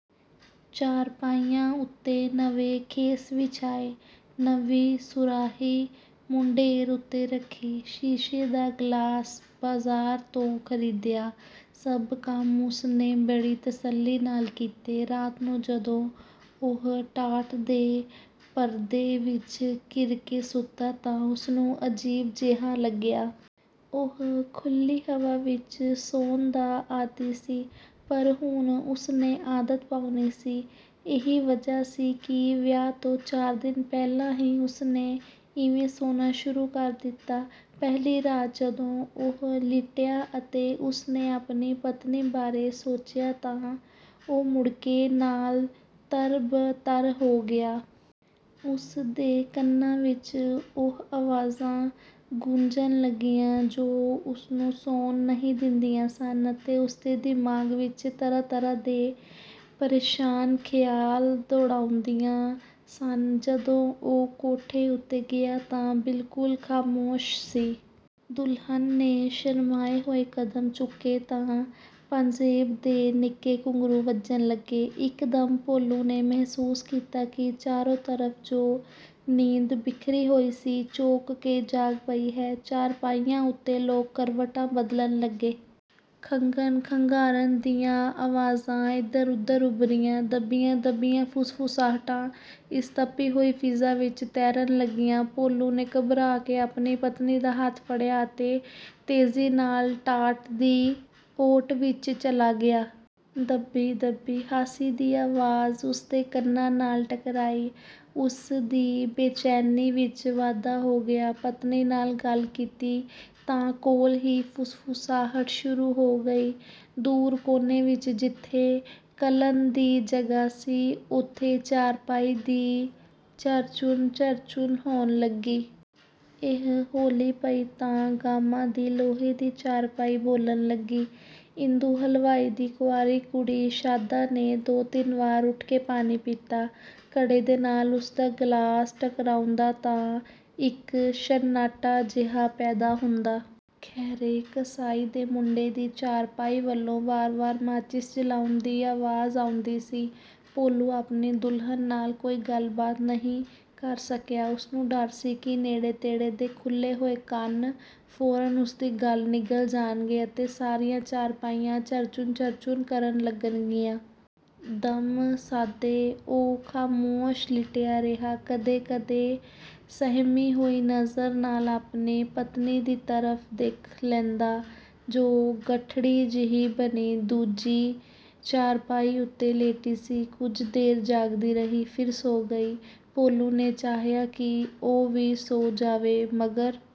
ਚਾਰਪਾਈਆਂ ਉੱਤੇ ਨਵੇਂ ਖੇਸ ਵਿਛਾਏ। ਨਵੀਂ ਸੁਰਾਹੀ ਮੁੰਡੇਰ ਉੱਤੇ ਰੱਖੀ। ਸ਼ੀਸ਼ੇ ਦਾ ਗਲਾਸ ਬਾਜ਼ਾਰ ਤੋਂ ਖ਼ਰੀਦਿਆ। ਸਭ ਕੰਮ ਉਸ ਨੇ ਬੜੀ ਤਸੱਲੀ ਨਾਲ ਕੀਤੇ। ਰਾਤ ਨੂੰ ਜਦੋਂ ਉਹ ਟਾਟ ਦੇ ਪਰਦੇ ਵਿੱਚ ਘਿਰ ਕੇ ਸੁੱਤਾ ਤਾਂ ਉਸ ਨੂੰ ਅਜੀਬ ਜਿਹਾ ਲੱਗਿਆ। ਉਹ ਖੁੱਲ੍ਹੀ ਹਵਾ ਵਿੱਚ ਸੌਣ ਦਾ ਆਦੀ ਸੀ ਪਰ ਹੁਣ ਉਸ ਨੇ ਆਦਤ ਪਾਉਣੀ ਸੀ। ਇਹੀ ਵਜ੍ਹਾ ਸੀ ਕਿ ਵਿਆਹ ਤੋਂ ਚਾਰ ਦਿਨ ਪਹਿਲਾਂ ਹੀ ਉਸ ਨੇ ਇਵੇਂ ਸੌਣਾ ਸ਼ੁਰੂ ਕਰ ਦਿੱਤਾ। ਪਹਿਲੀ ਰਾਤ ਜਦੋਂ ਉਹ ਲਿਟਿਆ ਅਤੇ ਉਸ ਨੇ ਆਪਣੀ ਪਤਨੀ ਬਾਰੇ ਸੋਚਿਆ ਤਾਂ ਉਹ ਮੁੜ੍ਹਕੇ ਨਾਲ ਤਰ-ਬ-ਤਰ ਹੋ ਗਿਆ। ਉਸ ਦੇ ਕੰਨਾਂ ਵਿੱਚ ਉਹ ਆਵਾਜ਼ਾਂ ਗੂੰਜਣ ਲੱਗੀਆਂ ਜੋ ਉਸਨੂੰ ਸੌਣ ਨਹੀਂ ਦਿੰਦੀਆਂ ਸਨ ਅਤੇ ਉਸ ਦੇ ਦਿਮਾਗ਼ ਵਿੱਚ ਤਰ੍ਹਾਂ ਤਰ੍ਹਾਂ ਦੇ ਪਰੇਸ਼ਾਨ ਖ਼ਿਆਲ ਦੌੜਾਉਂਦੀਆਂ ਸਨ। ਜਦੋਂ ਉਹ ਕੋਠੇ ਉੱਤੇ ਗਿਆ ਤਾਂ ਬਿਲਕੁਲ ਖ਼ਾਮੋਸ਼ ਸੀ। ਦੁਲਹਨ ਨੇ ਸ਼ਰਮਾਏ ਹੋਏ ਕਦਮ ਚੁੱਕੇ ਤਾਂ ਪਾਜ਼ੇਬ ਦੇ ਨਿੱਕੇ ਘੁੰਗਰੂ ਵੱਜਣ ਲੱਗੇ। ਇੱਕ ਦਮ ਭੋਲੂ ਨੇ ਮਹਿਸੂਸ ਕੀਤਾ ਕਿ ਚਾਰੋਂ ਤਰਫ਼ ਜੋ ਨੀਂਦ ਬਿਖਰੀ ਹੋਈ ਸੀ ਚੌਂਕ ਕੇ ਜਾਗ ਪਈ ਹੈ। ਚਾਰਪਾਈਆਂ ਉੱਤੇ ਲੋਕ ਕਰਵਟਾਂ ਬਦਲਣ ਲੱਗੇ। ਖੰਘਣ ਖੰਘਾਰਨ ਦੀਆਂ ਆਵਾਜ਼ਾਂ ਏਧਰ ਉੱਧਰ ਉਭਰੀਆਂ। ਦੱਬੀਆਂ ਦੱਬੀਆਂ ਫੁਸਫੁਸਾਹਟਾਂ ਇਸ ਤਪੀ ਹੋਈ ਫ਼ਿਜ਼ਾ ਵਿੱਚ ਤੈਰਨ ਲੱਗੀਆਂ। ਭੋਲੂ ਨੇ ਘਬਰਾ ਕੇ ਆਪਣੀ ਪਤਨੀ ਦਾ ਹੱਥ ਫੜਿਆ ਅਤੇ ਤੇਜ਼ੀ ਨਾਲ ਟਾਟ ਦੀ ਓਟ ਵਿੱਚ ਚਲਾ ਗਿਆ। ਦੱਬੀ ਦੱਬੀ ਹਾਸੀ ਦੀ ਆਵਾਜ਼ ਉਸ ਦੇ ਕੰਨਾਂ ਨਾਲ ਟਕਰਾਈ। ਉਸ ਦੀ ਬੇਚੈਨੀ ਵਿੱਚ ਵਾਧਾ ਹੋ ਗਿਆ। ਪਤਨੀ ਨਾਲ ਗੱਲ ਕੀਤੀ ਤਾਂ ਕੋਲ ਹੀ ਫੁਸਫੁਸਾਹਟ ਸ਼ੁਰੂ ਹੋ ਗਈ। ਦੂਰ ਕੋਨੇ ਵਿੱਚ ਜਿੱਥੇ ਕੱਲਨ ਦੀ ਜਗ੍ਹਾ ਸੀ ਉੱਥੇ ਚਾਰਪਾਈ ਦੀ ਚਰਚੂੰ ਚਰਚੂੰ ਹੋਣ ਲੱਗੀ। ਇਹ ਹੌਲੀ ਪਈ ਤਾਂ ਗਾਮਾ ਦੀ ਲੋਹੇ ਦੀ ਚਾਰਪਾਈ ਬੋਲਣ ਲੱਗੀ। ਈਂਦੂ ਹਲਵਾਈ ਦੀ ਕੁਆਰੀ ਕੁੜੀ ਸ਼ਾਦਾਂ ਨੇ ਦੋ ਤਿੰਨ ਵਾਰ ਉੱਠ ਕੇ ਪਾਣੀ ਪੀਤਾ। ਘੜੇ ਦੇ ਨਾਲ ਉਸ ਦਾ ਗਲਾਸ ਟਕਰਾਉਂਦਾ ਤਾਂ ਇੱਕ ਛੰਨਾਟਾ ਜਿਹਾ ਪੈਦਾ ਹੁੰਦਾ। ਖੈਰੇ ਕਸਾਈ ਦੇ ਮੁੰਡੇ ਦੀ ਚਾਰਪਾਈ ਵੱਲੋਂ ਵਾਰ ਵਾਰ ਮਾਚਿਸ ਜਲਾਉਣ ਦੀ ਆਵਾਜ਼ ਆਉਂਦੀ ਸੀ। ਭੋਲੂ ਆਪਣੀ ਦੁਲਹਨ ਨਾਲ ਕੋਈ ਗੱਲ ਬਾਤ ਨਹੀਂ ਕਰ ਸਕਿਆ। ਉਸਨੂੰ ਡਰ ਸੀ ਕਿ ਨੇੜੇ ਤੇੜੇ ਦੇ ਖੁੱਲ੍ਹੇ ਹੋਏ ਕੰਨ ਫ਼ੌਰਨ ਉਸ ਦੀ ਗੱਲ ਨਿਗਲ ਜਾਣਗੇ ਅਤੇ ਸਾਰੀਆਂ ਚਾਰਪਾਈਆਂ ਚਰਚੂੰ ਚਰਚੂੰ ਕਰਨ ਲੱਗਣਗੀਆਂ। ਦਮ ਸਾਧੇ ਉਹ ਖ਼ਾਮੋਸ਼ ਲਿਟਿਆ ਰਿਹਾ। ਕਦੇ ਕਦੇ ਸਹਿਮੀ ਹੋਈ ਨਜ਼ਰ ਨਾਲ ਆਪਣੀ ਪਤਨੀ ਦੀ ਤਰਫ਼ ਦੇਖ ਲੈਂਦਾ ਜੋ ਗਠੜੀ ਜਿਹੀ ਬਣੀ ਦੂਜੀ ਚਾਰਪਾਈ ਉੱਤੇ ਲੇਟੀ ਸੀ। ਕੁੱਝ ਦੇਰ ਜਾਗਦੀ ਰਹੀ, ਫਿਰ ਸੌਂ ਗਈ। ਭੋਲੂ ਨੇ ਚਾਹਿਆ ਕਿ ਉਹ ਵੀ ਸੌਂ ਜਾਵੇ ਮਗਰ